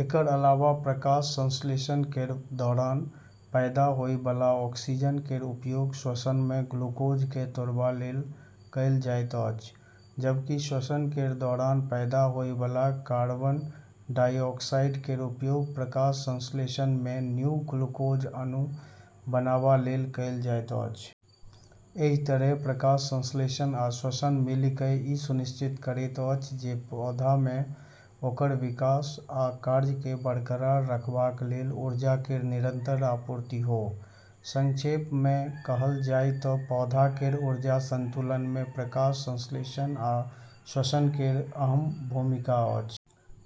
एकर अलावा प्रकाश संश्लेषण केर दौरान पैदा होय बला ऑक्सीजन केर उपयोग श्वसन मे ग्लूकोज केँ तोड़बा लेल कएल जाइत अछि, जबकि श्वसन केर दौरान पैदा होय बला कार्बन डाइऑक्साइड केर उपयोग प्रकाश संश्लेषण मे नया ग्लूकोज अणु बनाबा लेल कएल जाइत अछि। एहि तरहें प्रकाश संश्लेषण आ श्वसन मिलि कऽ ई सुनिश्चित करैत अछि जे पौधा मे ओकर विकास आ कार्य केँ बरकरार रखबाक लेल ऊर्जा केर निरंतर आपूर्ति हो। संक्षेप मे कहल जाय तँ पौधा केर ऊर्जा संतुलन मे प्रकाश संश्लेषण आ श्वसन केर अहम भूमिका अछि।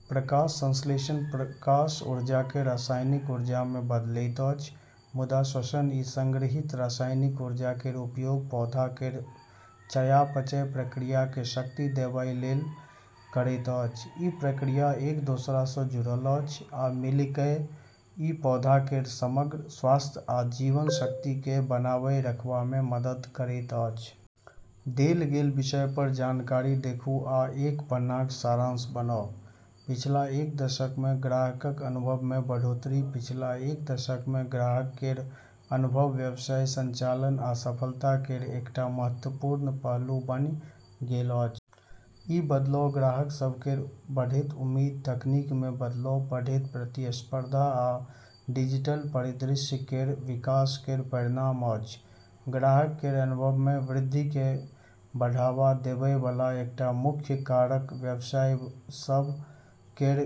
प्रकाश संश्लेषण प्रकाश ऊर्जा केँ रासायनिक ऊर्जा मे बदलैत अछि, मुदा श्वसन ई संग्रहीत रासायनिक ऊर्जा केर उपयोग पौधा केर चयापचय प्रक्रिया केँ शक्ति देबाय लेल करैत अछि। ई प्रक्रिया एक दोसरा सँ जुड़ल अछि, आ मिलि कऽ ई पौधा केर समग्र स्वास्थ्य आ जीवन शक्ति केँ बनाय रखबा मे मदद करैत अछि। देल गेल विषय पर जानकारी देखू आ एक पन्नाक सारांश बनाऊ। पिछला एक दशक मे ग्राहकक अनुभव मे बढ़ोतरी पिछला एक दशक मे ग्राहक केर अनुभव व्यवसाय संचालन आ सफलता केर एकटा महत्वपूर्ण पहलू बनि गेल अछि। ई बदलाव ग्राहक सभ केर बढ़ैत उम्मीद, तकनीक मे बदलाव, बढ़ैत प्रतिस्पर्धा, आ डिजिटल परिदृश्य केर विकास केर परिणाम अछि। ग्राहक केर अनुभव मे वृद्धि केँ बढ़ावा देबय बला एकटा मुख्य कारक व्यवसाय सभ केर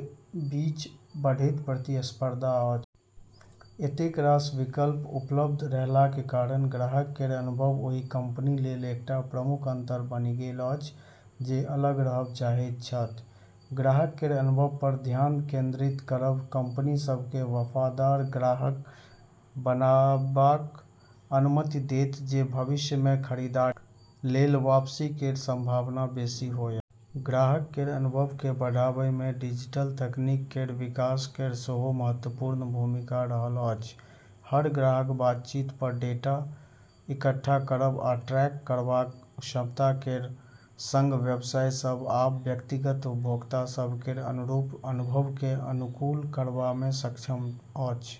बीच बढ़ैत प्रतिस्पर्धा अछि। एतेक रास विकल्प उपलब्ध रहला के कारण ग्राहक केर अनुभव ओहि कंपनी लेल एकटा प्रमुख अंतर बनि गेल अछि जे अलग रहब चाहैत छथि। ग्राहक केर अनुभव पर ध्यान केंद्रित करब कंपनी सभ केँ वफादार ग्राहक बनाबाक अनुमति देत जे भविष्य मे खरीदारी लेल वापसी केर संभावना बेसी होयत। ग्राहक केर अनुभव केँ बढ़ाबय मे डिजिटल तकनीक केर विकास केर सेहो महत्वपूर्ण भूमिका रहल अछि। हर ग्राहक बातचीत पर डाटा इकट्ठा करब आ ट्रैक करबाक क्षमता केर संग, व्यवसाय सभ आब व्यक्तिगत उपभोक्ता सभ केर अनुरूप अनुभव केँ अनुकूल करबा मे सक्षम अछि।